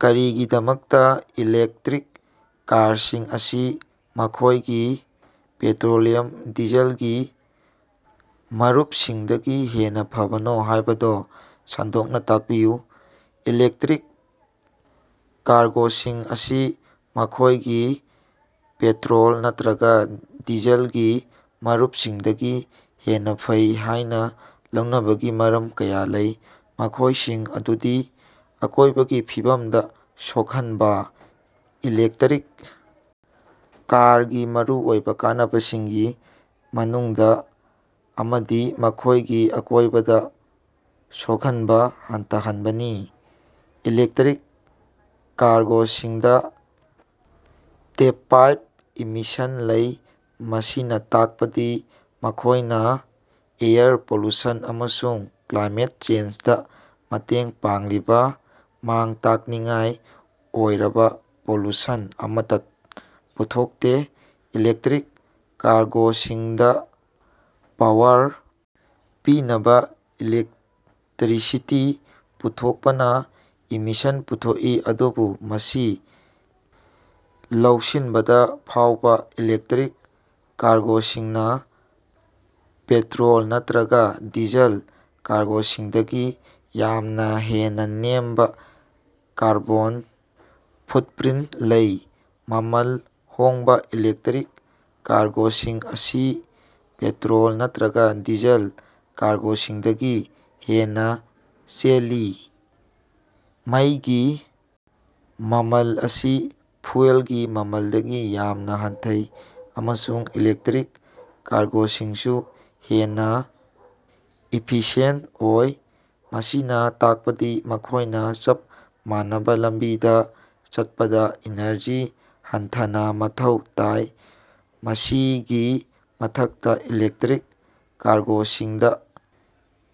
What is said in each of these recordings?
ꯀꯔꯤꯒꯤꯗꯃꯛꯇꯥ ꯏꯂꯦꯛꯇꯔꯤꯛ ꯀꯥꯔꯁꯤꯡ ꯑꯁꯤ ꯃꯈꯣꯏꯒꯤ ꯄꯦꯠꯇꯔꯣꯜꯂꯤꯌꯝ/ꯗꯤꯖꯜꯒꯤ ꯃꯔꯨꯞꯁꯤꯡꯗꯒꯤ ꯍꯦꯟꯅꯥ ꯐꯕꯅꯣ ꯍꯥꯏꯕꯗꯨ ꯁꯟꯗꯣꯛꯅꯥ ꯇꯥꯛꯄꯤꯌꯨ꯫ ꯏꯂꯦꯛꯇꯔꯤꯛ ꯀꯥꯔꯒꯣꯁꯤꯡ ꯑꯁꯤ ꯃꯈꯣꯏꯒꯤ ꯄꯦꯠꯇꯔꯣꯜ ꯅꯠꯇ꯭ꯔꯒꯥ ꯗꯤꯖꯜꯒꯤ ꯃꯔꯨꯞꯁꯤꯡꯗꯒꯤ ꯍꯦꯟꯅꯥ ꯐꯩ ꯍꯥꯏꯅꯥ ꯂꯧꯅꯕꯒꯤ ꯃꯔꯝ ꯀꯌꯥ ꯂꯩ, ꯃꯈꯣꯏꯁꯤꯡ ꯑꯗꯨꯗꯤ: ꯑꯀꯣꯏꯕꯒꯤ ꯐꯤꯕꯝꯗꯥ ꯁꯣꯛꯍꯟꯕꯥ: ꯏꯂꯦꯛꯇꯔꯤꯛ ꯀꯥꯔꯒꯤ ꯃꯔꯨꯑꯣꯏꯕꯥ ꯀꯥꯟꯅꯕꯁꯤꯡꯒꯤ ꯃꯅꯨꯡꯗꯥ ꯑꯃꯗꯤ ꯃꯈꯣꯏꯒꯤ ꯑꯀꯣꯏꯕꯗꯥ ꯁꯣꯛꯍꯟꯕꯥ ꯍꯟꯊꯍꯟꯕꯅꯤ꯫ ꯏꯂꯦꯛꯇꯔꯤꯛ ꯀꯥꯔꯒꯣꯁꯤꯡꯗꯥ ꯖꯤꯔꯣ ꯇꯦꯞꯄꯥꯏꯞ ꯏꯃꯤꯁꯟ ꯂꯩ, ꯃꯁꯤꯅꯥ ꯇꯥꯛꯄꯗꯤ ꯃꯈꯣꯏꯅꯥ ꯑꯦꯌꯔ ꯄꯣꯂꯨꯁꯟ ꯑꯃꯁꯨꯡ ꯀ꯭ꯂꯥꯏꯃꯦꯠ ꯆꯦꯟꯖꯗꯥ ꯃꯇꯦꯡ ꯄꯥꯡꯂꯤꯕꯥ ꯃꯥꯡ-ꯇꯥꯛꯅꯤꯡꯉꯥꯏ ꯑꯣꯏꯔꯕꯥ ꯄꯣꯂꯨꯁꯟ ꯑꯃꯠꯇꯥ ꯄꯨꯊꯣꯛꯇꯦ꯫ ꯏꯂꯦꯛꯇꯔꯤꯛ ꯀꯥꯔꯒꯣꯁꯤꯡꯗꯥ ꯄꯥꯋꯔ ꯄꯤꯅꯕꯥ ꯏꯂꯦꯛꯇꯔꯤꯁꯤꯇꯤ ꯄꯨꯊꯣꯛꯄꯅꯥ ꯏꯃꯤꯁꯟ ꯄꯨꯊꯣꯛꯏ, ꯑꯗꯨꯕꯨ ꯃꯁꯤ ꯂꯧꯁꯤꯟꯕꯗꯥ ꯐꯥꯎꯕꯥ ꯏꯂꯦꯛꯇꯔꯤꯛ ꯀꯥꯔꯒꯣꯁꯤꯡꯅꯥ ꯄꯦꯇꯔꯣꯜ ꯅꯠꯇ꯭ꯔꯒꯥ ꯗꯤꯖꯜ ꯀꯥꯔꯒꯣꯁꯤꯡꯗꯒꯤ ꯌꯥꯝꯅꯥ ꯍꯦꯟꯅꯥ ꯅꯦꯝꯕꯥ ꯀꯥꯔꯕꯣꯟ ꯐꯨꯠꯄꯔꯤꯟꯇ ꯂꯩ꯫ ꯃꯃꯜ ꯍꯣꯡꯕꯥ: ꯏꯂꯦꯛꯇꯔꯤꯛ ꯀꯥꯔꯒꯣꯁꯤꯡ ꯑꯁꯤ ꯄꯦꯇꯔꯣꯜ ꯅꯠꯇ꯭ꯔꯒꯥ ꯗꯤꯖꯜ ꯀꯥꯔꯒꯣꯁꯤꯡꯗꯒꯤ ꯍꯦꯟꯅꯥ ꯆꯦꯜꯂꯤ꯫ ꯃꯩꯒꯤ ꯃꯃꯜ ꯑꯁꯤ ꯐ꯭ꯌꯨꯑꯦꯜꯒꯤ ꯃꯃꯜꯗꯒꯤ ꯌꯥꯝꯅꯥ ꯍꯟꯊꯩ, ꯑꯃꯁꯨꯡ ꯏꯂꯦꯛꯇꯔꯤꯛ ꯀꯥꯔꯒꯣꯁꯤꯡꯁꯨ ꯍꯦꯟꯅꯥ ꯏꯐꯤꯁꯤꯑꯦꯟꯇ ꯑꯣꯏ, ꯃꯁꯤꯅꯥ ꯇꯥꯛꯄꯗꯤ ꯃꯈꯣꯏꯅꯥ ꯆꯞ ꯃꯥꯟꯅꯕꯥ ꯂꯝꯕꯤꯗꯥ ꯆꯠꯄꯗꯥ ꯏꯅꯔꯖꯤ ꯍꯟꯊꯅꯥ ꯃꯊꯧ ꯇꯥꯏ꯫ ꯃꯁꯤꯒꯤ ꯃꯊꯛꯇꯥ, ꯏꯂꯦꯛꯇꯔꯤꯛ ꯀꯥꯔꯒꯣꯁꯤꯡꯗꯥ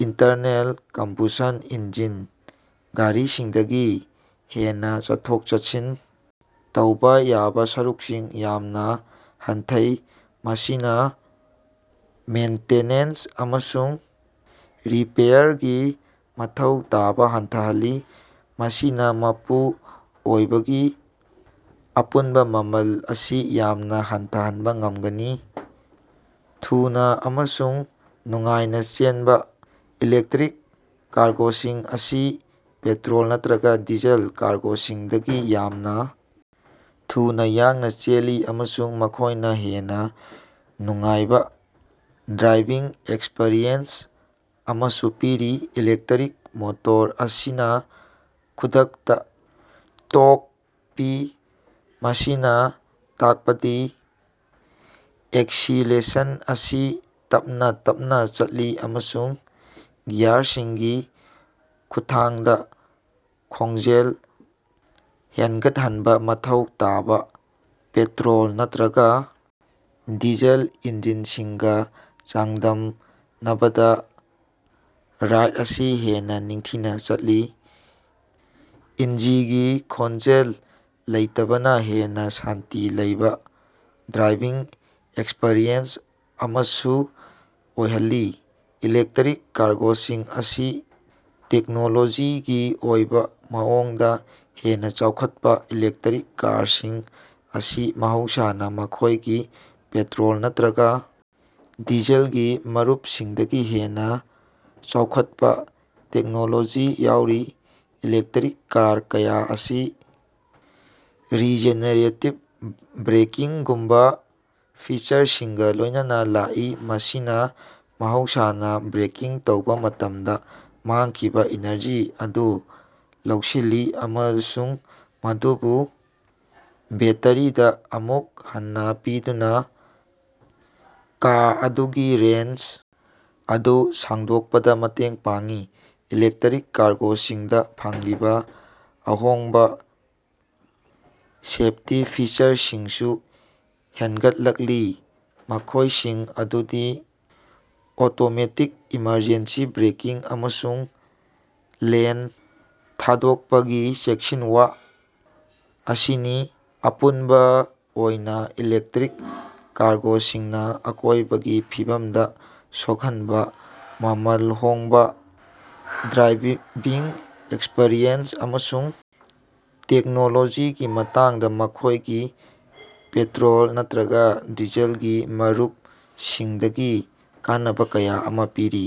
ꯏꯟꯇꯔꯅꯦꯜ ꯀꯝꯕꯨꯁꯟ ꯏꯟꯖꯤꯟ ꯒꯥꯔꯤꯁꯤꯡꯗꯒꯤ ꯍꯦꯟꯅꯥ ꯆꯠꯊꯣꯛ-ꯆꯠꯁꯤꯟ ꯇꯧꯕꯥ ꯌꯥꯕꯥ ꯁꯔꯨꯛꯁꯤꯡ ꯌꯥꯝꯅꯥ ꯍꯟꯊꯩ, ꯃꯁꯤꯅꯥ ꯃꯦꯟꯇꯦꯅꯦꯟꯁ ꯑꯃꯁꯨꯡ ꯔꯤꯄꯦꯌꯔꯒꯤ ꯃꯊꯧ ꯇꯥꯕꯥ ꯍꯟꯊꯍꯜꯂꯤ, ꯃꯁꯤꯅꯥ ꯃꯄꯨ ꯑꯣꯏꯕꯒꯤ ꯑꯄꯨꯟꯕꯥ ꯃꯃꯜ ꯑꯁꯤ ꯌꯥꯝꯅꯥ ꯍꯟꯊꯍꯟꯕꯥ ꯉꯝꯒꯅꯤ꯫ ꯊꯨꯅꯥ ꯑꯃꯁꯨꯡ ꯅꯨꯡꯉꯥꯏꯅꯥ ꯆꯦꯟꯕꯥ: ꯏꯂꯦꯛꯇꯔꯤꯛ ꯀꯥꯔꯒꯣꯁꯤꯡ ꯑꯁꯤ ꯄꯦꯇꯔꯣꯜ ꯅꯠꯇ꯭ꯔꯒꯥ ꯗꯤꯖꯜ ꯀꯥꯔꯒꯣꯁꯤꯡꯗꯒꯤ ꯌꯥꯝꯅꯥ ꯊꯨꯅꯥ ꯌꯥꯡꯅꯥ ꯆꯦꯜꯂꯤ, ꯑꯃꯁꯨꯡ ꯃꯈꯣꯏꯅꯥ ꯍꯦꯟꯅꯥ ꯅꯨꯡꯉꯥꯏꯕꯥ ꯗ꯭ꯔꯥꯏꯚꯤꯡ ꯑꯦꯛꯁꯄꯤꯔꯤꯑꯦꯟꯁ ꯑꯃꯁꯨ ꯄꯤꯔꯤ꯫ ꯏꯂꯦꯛꯇꯔꯤꯛ ꯃꯣꯇꯣꯔ ꯑꯁꯤꯅꯥ ꯈꯨꯗꯛꯇꯥ ꯇꯣꯛ ꯄꯤ, ꯃꯁꯤꯅꯥ ꯇꯥꯛꯄꯗꯤ ꯑꯦꯛꯁꯤꯂꯦꯁꯟ ꯑꯁꯤ ꯇꯞꯅꯥ ꯇꯞꯅꯥ ꯆꯠꯂꯤ ꯑꯃꯁꯨꯡ ꯒꯤꯌꯔꯁꯤꯡꯒꯤ ꯈꯨꯠꯊꯥꯡꯗꯥ ꯈꯣꯡꯖꯦꯜ ꯍꯦꯟꯒꯠꯍꯟꯕꯥ ꯃꯊꯧ ꯇꯥꯕꯥ ꯄꯦꯇꯔꯣꯜ ꯅꯠꯇ꯭ꯔꯒꯥ ꯗꯤꯖꯜ ꯏꯟꯖꯤꯟꯁꯤꯡꯒꯥ ꯆꯥꯡꯗꯝꯅꯕꯗꯥ ꯔꯥꯏꯗ ꯑꯁꯤ ꯍꯦꯟꯅꯥ ꯅꯤꯡꯊꯤꯅꯥ ꯆꯠꯂꯤ꯫ ꯏꯟꯖꯤꯒꯤ ꯈꯣꯟꯖꯦꯜ ꯂꯩꯇꯕꯅꯥ ꯍꯦꯟꯅꯥ ꯁꯥꯟꯇꯤ ꯂꯩꯕꯥ ꯗ꯭ꯔꯥꯏꯚꯤꯡ ꯑꯦꯛꯁꯄꯤꯔꯤꯑꯦꯟꯁ ꯑꯃꯁꯨ ꯑꯣꯏꯍꯜꯂꯤ꯫ ꯏꯂꯦꯛꯇꯔꯤꯛ ꯀꯥꯔꯒꯣꯁꯤꯡ ꯑꯁꯤ ꯇꯦꯛꯅꯣꯂꯣꯖꯤꯒꯤ ꯑꯣꯏꯕꯥ ꯃꯑꯣꯡꯗꯥ ꯍꯦꯟꯅꯥ ꯆꯥꯎꯈꯠꯄꯥ: ꯏꯂꯦꯛꯇꯔꯤꯛ ꯀꯥꯔꯁꯤꯡ ꯑꯁꯤ ꯃꯍꯧꯁꯥꯅꯥ ꯃꯈꯣꯏꯒꯤ ꯄꯦꯇꯔꯣꯜ ꯅꯠꯇ꯭ꯔꯒꯥ ꯗꯤꯖꯜꯒꯤ ꯃꯔꯨꯞꯁꯤꯡꯗꯒꯤ ꯍꯦꯟꯅꯥ ꯆꯥꯎꯈꯠꯄꯥ ꯇꯦꯛꯅꯣꯂꯣꯖꯤ ꯌꯥꯎꯔꯤ꯫ ꯏꯂꯦꯛꯇꯔꯤꯛ ꯀꯥꯔ ꯀꯌꯥ ꯑꯁꯤ ꯔꯤꯖꯦꯅꯦꯔꯦꯇꯤꯕ ꯕ꯭ꯔꯦꯀꯤꯡꯒꯨꯝꯕꯥ ꯐꯤꯆꯔꯁꯤꯡꯒꯥ ꯂꯣꯏꯅꯅꯥ ꯂꯥꯛꯏ, ꯃꯁꯤꯅꯥ ꯃꯍꯧꯁꯥꯅꯥ ꯕ꯭ꯔꯦꯀꯤꯡ ꯇꯧꯕꯥ ꯃꯇꯝꯗꯥ ꯃꯥꯡꯈꯤꯕꯥ ꯏꯅꯔꯖꯤ ꯑꯗꯨ ꯂꯧꯁꯤꯜꯂꯤ ꯑꯃꯁꯨꯡ ꯃꯗꯨꯕꯨ ꯕꯦꯠꯇꯔꯤꯗꯥ ꯑꯃꯨꯛ ꯍꯟꯅꯥ ꯄꯤꯗꯨꯅꯥ ꯀꯥ ꯑꯗꯨꯒꯤ ꯔꯦꯟꯖ ꯑꯗꯨ ꯁꯥꯡꯗꯣꯛꯄꯗꯥ ꯃꯇꯦꯡ ꯄꯥꯡꯏ꯫ ꯏꯂꯦꯛꯇꯔꯤꯛ ꯀꯥꯔꯒꯣꯁꯤꯡꯗꯥ ꯐꯪꯂꯤꯕꯥ ꯑꯍꯣꯡꯕꯥ ꯁꯦꯐꯇꯤ ꯐꯤꯆꯔꯁꯤꯡꯁꯨ ꯍꯦꯟꯒꯠꯂꯛꯂꯤ, ꯃꯈꯣꯏꯁꯤꯡ ꯑꯗꯨꯗꯤ ꯑꯣꯇꯣꯃꯦꯇꯤꯛ ꯏꯃꯔꯖꯦꯟꯁꯤ ꯕ꯭ꯔꯦꯀꯤꯡ ꯑꯃꯁꯨꯡ ꯂꯦꯟ ꯊꯥꯗꯣꯛꯄꯒꯤ ꯆꯦꯛꯁꯤꯟꯋꯥ ꯑꯁꯤꯅꯤ꯫ ꯑꯄꯨꯟꯕꯥ ꯑꯣꯏꯅꯥ, ꯏꯂꯦꯛꯇꯔꯤꯛ ꯀꯥꯔꯒꯣꯁꯤꯡꯅꯥ ꯑꯀꯣꯏꯕꯒꯤ ꯐꯤꯕꯝꯗꯥ ꯁꯣꯛꯍꯟꯕꯥ, ꯃꯃꯜ ꯍꯣꯡꯕꯥ, ꯗ꯭ꯔꯥꯏꯚꯤꯡ ꯑꯦꯛꯁꯄꯤꯔꯤꯑꯦꯟꯁ, ꯑꯃꯁꯨꯡ ꯇꯦꯛꯅꯣꯂꯣꯖꯤꯒꯤ ꯃꯇꯥꯡꯗꯥ ꯃꯈꯣꯏꯒꯤ ꯄꯦꯇꯔꯣꯜ ꯅꯠꯇ꯭ꯔꯒꯥ ꯗꯤꯖꯜꯒꯤ ꯃꯔꯨꯞꯁꯤꯡꯗꯒꯤ ꯀꯥꯟꯅꯕꯥ ꯀꯌꯥ ꯑꯃꯥ ꯄꯤꯔꯤ꯫